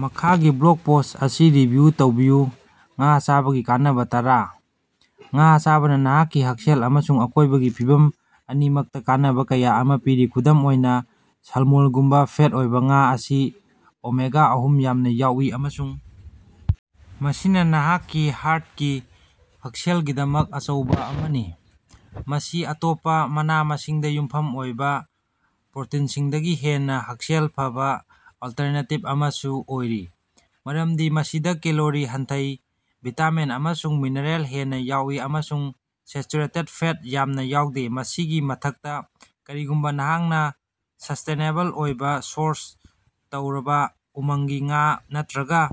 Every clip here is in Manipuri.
ꯃꯈꯥꯒꯤ ꯕ꯭ꯂꯣꯛ ꯄꯣꯁ ꯑꯁꯤ ꯔꯤꯚꯤꯌꯨ ꯇꯧꯕꯤꯌꯨ꯫ ꯉꯥ ꯆꯥꯕꯒꯤ ꯀꯥꯟꯅꯕ ꯇꯔꯥ: ꯉꯥ ꯆꯥꯕꯅ ꯅꯍꯥꯛꯀꯤ ꯍꯛꯁꯦꯜ ꯑꯃꯁꯨꯡ ꯑꯀꯣꯏꯕꯒꯤ ꯐꯤꯚꯝ ꯑꯅꯤꯃꯛꯇ ꯀꯥꯟꯅꯕ ꯀꯌꯥ ꯑꯃ ꯄꯤꯔꯤ꯫ ꯈꯨꯗꯝ ꯑꯣꯏꯅ, ꯁꯥꯜꯃꯣꯟꯒꯨꯝꯕ ꯐꯦꯠ ꯑꯣꯏꯕ ꯉꯥ ꯑꯁꯤ ꯑꯣꯃꯦꯒꯥ-ꯑꯍꯨꯝ ꯌꯥꯝꯅ ꯌꯥꯎꯏ ꯑꯃꯁꯨꯡ ꯃꯁꯤꯅ ꯅꯍꯥꯛꯀꯤ ꯍꯥꯔꯠꯀꯤ ꯍꯛꯁꯦꯜꯒꯤꯗꯃꯛ ꯑꯆꯧꯕ ꯑꯃꯅꯤ꯫ ꯃꯁꯤ ꯑꯇꯣꯞꯄ ꯃꯅꯥ-ꯃꯁꯤꯡꯗꯥ ꯌꯨꯝꯐꯝ ꯑꯣꯏꯕ ꯄ꯭ꯔꯣꯇꯤꯟꯁꯤꯡꯗꯒꯤ ꯍꯦꯟꯅ ꯍꯛꯁꯦꯜ ꯐꯕꯥ ꯑꯜꯇꯔꯅꯦꯇꯤꯚ ꯑꯃꯁꯨ ꯑꯣꯏꯔꯤ ꯃꯔꯝꯗꯤ ꯃꯁꯤꯗ ꯀꯦꯂꯣꯔꯤ ꯍꯟꯊꯩ, ꯚꯤꯇꯥꯃꯤꯟ ꯑꯃꯁꯨꯡ ꯃꯤꯅꯔꯦꯜ ꯍꯦꯟꯅ ꯌꯥꯎꯏ, ꯑꯃꯁꯨꯡ ꯁꯦꯆꯨꯔꯦꯇꯦꯠ ꯐꯦꯠ ꯌꯥꯝꯅ ꯌꯥꯎꯗꯦ꯫ ꯃꯁꯤꯒꯤ ꯃꯊꯛꯇ, ꯀꯔꯤꯒꯨꯝꯕ ꯅꯍꯥꯛꯅ ꯁꯁ꯭ꯇꯦꯅꯦꯕꯜ ꯑꯣꯏꯅ ꯁꯣꯔꯁ ꯇꯧꯔꯕ ꯎꯃꯪꯒꯤ ꯉꯥ ꯅꯠꯇ꯭ꯔꯒ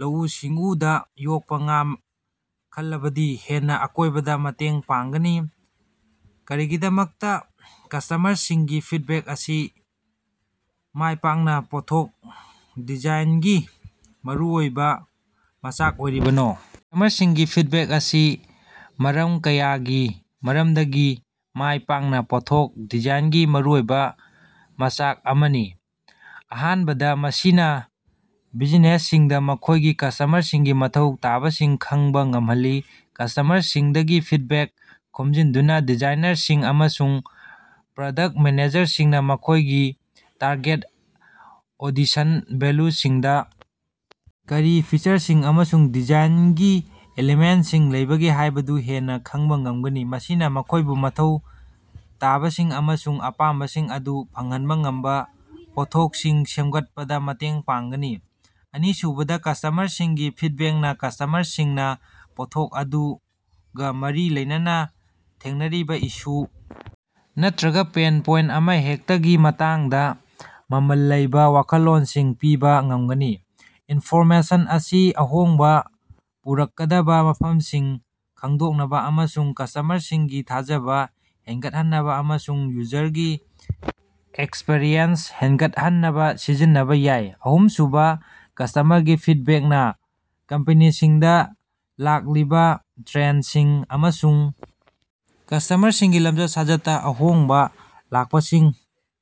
ꯂꯧꯎ-ꯁꯤꯡꯎꯗꯥ ꯌꯣꯛꯄ ꯉꯥ ꯈꯜꯂꯕꯗꯤ ꯍꯦꯟꯅ ꯑꯀꯣꯏꯕꯗ ꯃꯇꯦꯡ ꯄꯥꯡꯒꯅꯤ꯫ ꯀꯔꯤꯒꯤꯗꯃꯛꯇꯥ ꯀꯁꯇꯃꯔꯁꯤꯡꯒꯤ ꯐꯤꯠꯕꯦꯛ ꯑꯁꯤ ꯃꯥꯏꯄꯥꯛꯅ ꯄꯣꯠꯊꯣꯛ ꯗꯤꯖꯥꯏꯟꯒꯤ ꯃꯔꯨꯑꯣꯏꯕ ꯃꯆꯥꯛ ꯑꯣꯏꯔꯤꯕꯅꯣ? ꯀꯁꯇꯃꯔꯁꯤꯡꯒꯤ ꯐꯤꯠꯕꯦꯛ ꯑꯁꯤ ꯃꯔꯝ ꯀꯌꯥꯒꯤ ꯃꯔꯝꯗꯒꯤ ꯃꯥꯏ ꯄꯥꯛꯅ ꯄꯣꯠꯊꯣꯛ ꯗꯤꯖꯥꯏꯟꯒꯤ ꯃꯔꯨꯑꯣꯏꯕ ꯃꯆꯥꯛ ꯑꯃꯅꯤ꯫ ꯑꯍꯥꯟꯕꯗ, ꯃꯁꯤꯅ ꯕꯤꯖꯤꯅꯦꯁꯁꯤꯡꯗ ꯃꯈꯣꯏꯒꯤ ꯀꯁꯇꯃꯔꯁꯤꯡꯒꯤ ꯃꯊꯧ ꯇꯥꯕꯁꯤꯡ ꯈꯪꯕ ꯉꯝꯍꯜꯂꯤ꯫ ꯀꯁꯇꯃꯔꯁꯤꯡꯗꯒꯤ ꯐꯤꯠꯕꯦꯛ ꯈꯣꯝꯖꯤꯟꯗꯨꯅ, ꯗꯤꯖꯥꯏꯅꯔꯁꯤꯡ ꯑꯃꯁꯨꯡ ꯄ꯭ꯔꯗꯛ ꯃꯦꯅꯦꯖꯔꯁꯤꯡꯅ ꯃꯈꯣꯏꯒꯤ ꯇꯥꯔꯒꯦꯠ ꯑꯣꯗꯤꯁꯟ ꯚꯦꯜꯂꯨꯁꯤꯡꯗ ꯀꯔꯤ ꯐꯤꯆꯔꯁꯤꯡ ꯑꯃꯁꯨꯡ ꯗꯤꯖꯥꯏꯟꯒꯤ ꯑꯦꯂꯤꯃꯦꯟꯠꯁꯤꯡ ꯂꯩꯕꯒꯦ ꯍꯥꯏꯕꯗꯨ ꯍꯦꯟꯅ ꯈꯪꯕ ꯉꯝꯒꯅꯤ, ꯃꯁꯤꯅ ꯃꯈꯣꯏꯕꯨ ꯃꯊꯧ ꯇꯥꯕꯁꯤꯡ ꯑꯃꯁꯨꯡ ꯑꯄꯥꯝꯕꯁꯤꯡ ꯑꯗꯨ ꯐꯪꯍꯟꯕ ꯉꯝꯕ ꯄꯣꯠꯊꯣꯛꯁꯤꯡ ꯁꯦꯃꯒꯠꯄꯗ ꯃꯇꯦꯡ ꯄꯥꯡꯒꯅꯤ꯫ ꯑꯅꯤꯁꯨꯕꯗ, ꯀꯁꯇꯃꯔꯁꯤꯡꯒꯤ ꯐꯤꯠꯕꯦꯛꯅ ꯀꯁꯇꯃꯔꯁꯤꯡꯅꯥ ꯄꯣꯠꯊꯣꯛ ꯑꯗꯨꯒ ꯃꯔꯤ ꯂꯩꯅꯅꯥ ꯊꯦꯡꯅꯔꯤꯕ ꯏꯁꯨ ꯅꯠꯇ꯭ꯔꯒ ꯄꯦꯟ ꯄꯣꯏꯟꯠ ꯑꯃꯍꯦꯛꯇꯒꯤ ꯃꯇꯥꯡꯗ ꯃꯃꯜ ꯂꯩꯕ ꯋꯥꯈꯜꯂꯣꯟꯁꯤꯡ ꯄꯤꯕ ꯉꯝꯒꯅꯤ꯫ ꯏꯟꯐꯣꯔꯃꯦꯁꯟ ꯑꯁꯤ ꯑꯍꯣꯡꯕ ꯄꯨꯔꯛꯀꯗꯕꯥ ꯃꯐꯝꯁꯤꯡ ꯈꯪꯗꯣꯛꯅꯕ ꯑꯃꯁꯨꯡ ꯀꯁꯇꯃꯔꯁꯤꯡꯒꯤ ꯊꯥꯖꯕ ꯍꯦꯟꯒꯠꯍꯟꯅꯕ ꯑꯃꯁꯨꯡ ꯌꯨꯖꯔꯒꯤ ꯑꯦꯛꯁꯄꯤꯔꯤꯌꯦꯟꯁ ꯍꯦꯟꯒꯠꯍꯟꯅꯕ ꯁꯤꯖꯤꯟꯅꯕ ꯌꯥꯏ꯫ ꯑꯍꯨꯝꯁꯨꯕ, ꯀꯁꯇꯃꯔꯒꯤ ꯐꯤꯠꯕꯦꯛꯅ ꯀꯝꯄꯦꯅꯤꯁꯤꯡꯗ ꯂꯥꯛꯂꯤꯕ ꯇ꯭ꯔꯦꯟꯁꯤꯡ ꯑꯃꯁꯨꯡ ꯀꯁꯇꯃꯔꯁꯤꯡꯒꯤ ꯂꯝꯆꯠ-ꯁꯥꯖꯠꯇꯥ ꯑꯍꯣꯡꯕ ꯂꯥꯛꯄꯁꯤꯡ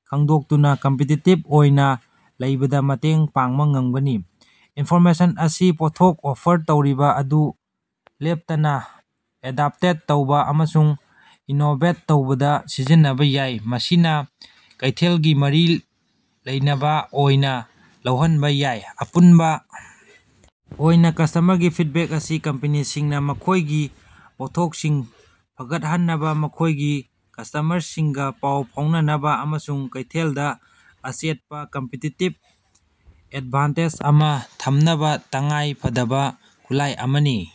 ꯈꯪꯗꯣꯛꯇꯨꯅꯥ ꯀꯝꯄꯤꯇꯤꯇꯤꯚ ꯑꯣꯏꯅ ꯂꯩꯕꯗꯥ ꯃꯇꯦꯡ ꯄꯥꯡꯕ ꯉꯝꯒꯅꯤ꯫ ꯏꯟꯐꯣꯔꯃꯦꯁꯟ ꯑꯁꯤ ꯄꯣꯠꯊꯣꯛ ꯑꯣꯐꯔ ꯇꯧꯔꯤꯕ ꯑꯗꯨ ꯂꯦꯞꯇꯅꯥ ꯑꯦꯗꯞꯇꯦꯠ ꯇꯧꯕ ꯑꯃꯁꯨꯡ ꯏꯅꯣꯚꯦꯠ ꯇꯧꯕꯗ ꯁꯤꯖꯤꯟꯅꯕ ꯌꯥꯏ, ꯃꯁꯤꯅ ꯀꯩꯊꯦꯜꯒꯥ ꯃꯔꯤ ꯂꯩꯅꯕ ꯑꯣꯏꯅ ꯂꯧꯍꯟꯕ ꯌꯥꯏ꯫ ꯑꯄꯨꯟꯕ ꯑꯣꯏꯅ, ꯀꯁꯇꯃꯔꯒꯤ ꯐꯤꯠꯕꯦꯛ ꯑꯁꯤ ꯀꯝꯄꯦꯅꯤꯁꯤꯡꯅꯥ ꯃꯈꯣꯏꯒꯤ ꯄꯣꯠꯊꯣꯛꯁꯤꯡ ꯐꯒꯠꯍꯟꯅꯕ, ꯃꯈꯣꯏꯒꯤ ꯀꯁꯇꯃꯔꯁꯤꯡꯒꯥ ꯄꯥꯎ ꯐꯥꯎꯅꯅꯕꯥ ꯑꯃꯁꯨꯡ ꯀꯩꯊꯦꯜꯗꯥ ꯑꯆꯦꯠꯄꯥ ꯀꯝꯄꯤꯇꯤꯇꯤꯚ ꯑꯦꯠꯚꯥꯟꯇꯦꯖ ꯑꯃ ꯊꯝꯅꯕ ꯇꯉꯥꯏ ꯐꯗꯕꯥ ꯈꯨꯠꯂꯥꯏ ꯑꯃꯅꯤ꯫